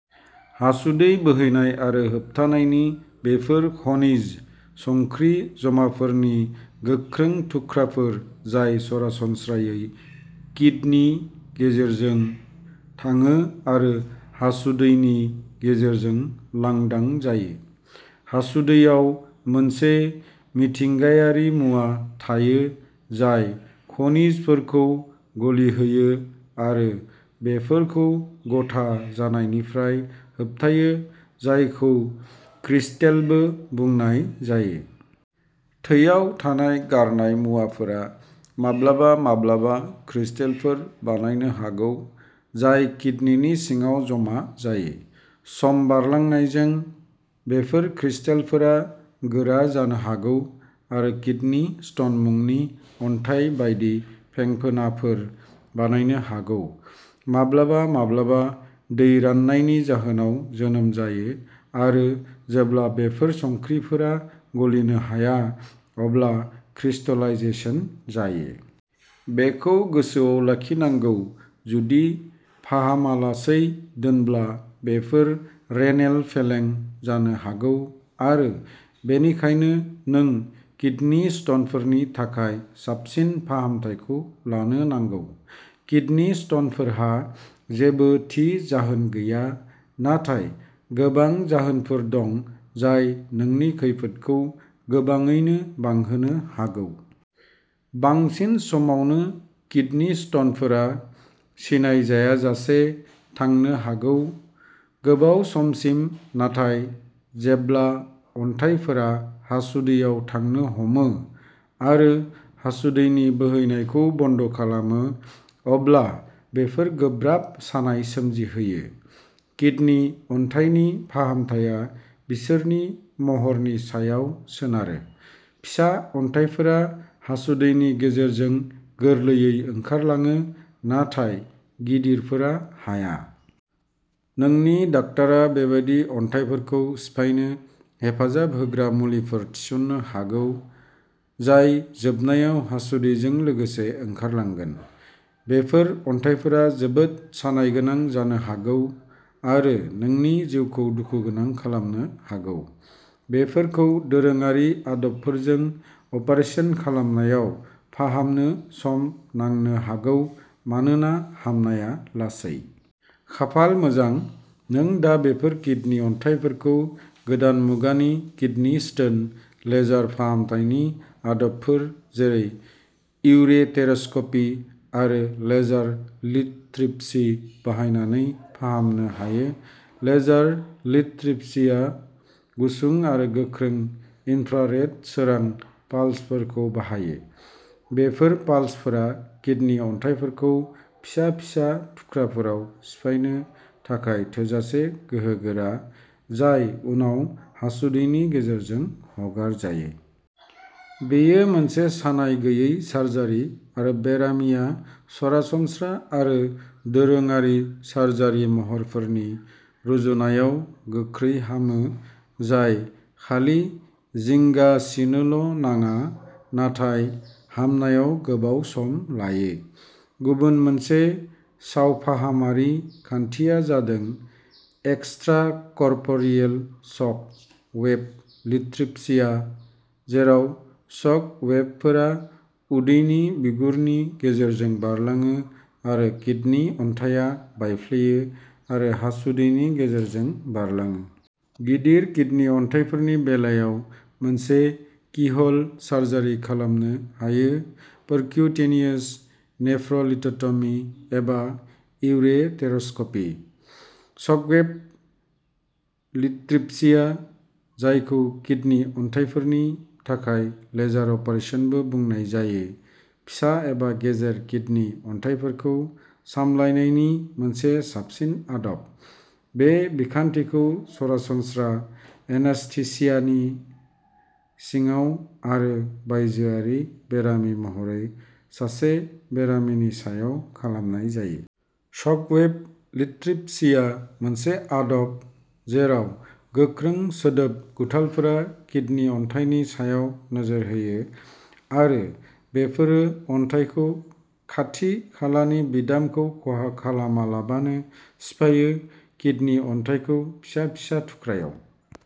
हासुदै बोहैनाय आरो होबथानायनि बेफोर खनिज संख्रि जमाफोरनि गोख्रों थुख्राफोर जाय सरासनस्रायै किदनि गेजेरजों थाङो आरो हासुदैनि गेजेरजों लांदां जायो। हासुदैयाव मोनसे मिथिंगायारि मुवा थायो, जाय खनिजफोरखौ गलिहोयो आरो बेफोरखौ गथा जानायनिफ्राय होबथायो जायखौ क्रिस्टेलबो बुंनाय जायो। थैयाव थानाय गारनाय मुवाफोरा माब्लाबा माब्लाबा क्रिस्टेलफोर बानायनो हागौ जाय किदनिनि सिङाव जमा जायो। सम बारलांनायजों, बेफोर क्रिस्टेलफोरा गोरा जानो हागौ आरो किदनि स्टन मुंनि अन्थाइ बायदि फेंफोनाफोर बानायनो हागौ। माब्लाबा माब्लाबा, दै राननायनि जाहोनाव जोनोम जायो आरो जेब्ला बेफोर संख्रिफोरा गलिनो हाया अब्ला क्रिस्टलाइजेशन जायो। बेखौ गोसोआव लाखिनांगौ जुदि फाहामालासै दोनब्ला बेफोर रेनेल फेलें जानो हागौ, आरो बेनिखायनो नों किदनि स्टनफोरनि थाखाय साबसिन फाहामथायखौ लानो नांगौ। किदनि स्टनफोरहा जेबो थि जाहोन गैया, नाथाय गोबां जाहोनफोर दं जाय नोंनि खैफोदखौ गोबाङैनो बांहोनो हागौ। बांसिन समावनो किदनि स्टनफोरा सिनायजायाजासे थांनो हागौ। गोबाव समसिम, नाथाय जेब्ला अन्थाइफोरा हासुदैयाव थांनो हमो आरो हासुदैनि बोहैनायखौ बन्द' खालामो, अब्ला बेफोर गोब्राब सानाय सोमजिहोयो। किडनि अन्थाइनि फाहामथाया बिसोरनि महरनि सायाव सोनारो। फिसा अन्थाइफोरा हासुदैनि गेजेरजों गोरलैयै ओंखारलाङो, नाथाय गिदिरफोरा हाया। नोंनि डाक्टारआ बेबादि अन्थाइफोरखौ सिफायनो हेफाजाब होग्रा मुलिफोर थिसन्नो हागौ, जाय जोबनायाव हासुदैजों लोगोसे ओंखारलांगोन। बेफोर अन्थाइफोरा जोबोद सानायगोनां जानो हागौ आरो नोंनि जिउखौ दुखुगोनां खालामनो हागौ। बेफोरखौ दोरोङारि आदबफोरजों अपारेसन खालामनायाव फाहामनो सम नांनो हागौ मानोना हामनाया लासै। खाफाल मोजां, नों दा बेफोर किडनि अन्थाइफोरखौ गोदान मुगानि किडनी स्टोन लेजार फाहामथायनि आदबफोर, जेरै इउरेटेरस्कपी आरो लेजार लिथट्रिप्सी बाहायनानै फाहामनो हायो। लेजार लिथट्रिप्सीआ गुसुं आरो गोख्रों इन्फ्रारेड सोरां पाल्सफोरखौ बाहायो। बेफोर पाल्सफोरा किडनि अन्थाइफोरखौ फिसा फिसा थुख्राफोराव सिफायनो थाखाय थोजासे गोहोगोरा, जाय उनाव हासुदैनि गेजेरजों हगारजायो। बेयो मोनसे सानाय गैयै सार्जारि आरो बेरामिया सरासनस्रा आरो दोरोङारि सार्जारि महरफोरनि रुजुनायाव गोख्रै हामो, जाय खालि जिंगासिनोल' नाङा, नाथाय हामनायाव गोबाव सम लायो। गुबुन मोनसे सावफाहामारि खान्थिया जादों एक्सट्राकर्प'रियेल शक वेव लिथट्रिप्सिया, जेराव शक वेवफोरा उदैनि बिगुरनि गेजेरजों बारलाङो आरो किडनि अन्थाइया बायफ्लेयो आरो हासुदैनि गेजेरजों बारलाङो। गिदिर किडनि अन्थाइफोरनि बेलायाव, मोनसे कीह'ल सार्जारि खालामनो हायो पर्क्युटेनियास नेफ्र'लिथ'ट'मि एबा इउरेटेरस्कपि। शकवेव लिथट्रिप्सिया, जायखौ किडनि अन्थाइफोरनि थाखाय लेजार अपारेसनबो बुंनाय जायो, फिसा एबा गेजेर किडनि अन्थाइफोरखौ सामलायनायनि मोनसे साबसिन आदब। बे बिखान्थिखौ सरासनस्रा एनास्थेसियानि सिङाव आरो बायजोआरि बेरामि महरै सासे बेरामिनि सायाव खालामनाय जायो। शकवेव लिथट्रिप्सिया मोनसे आदब जेराव गोख्रों सोदोब गुथालफोरा किडनि अन्थाइनि सायाव नोजोर होयो, आरो बेफोरो अन्थाइखौ खाथि खालानि बिदामखौ खहा खालामालाबानो सिफायो किडनि अन्थाइखौ फिसा फिसा थुख्राआव।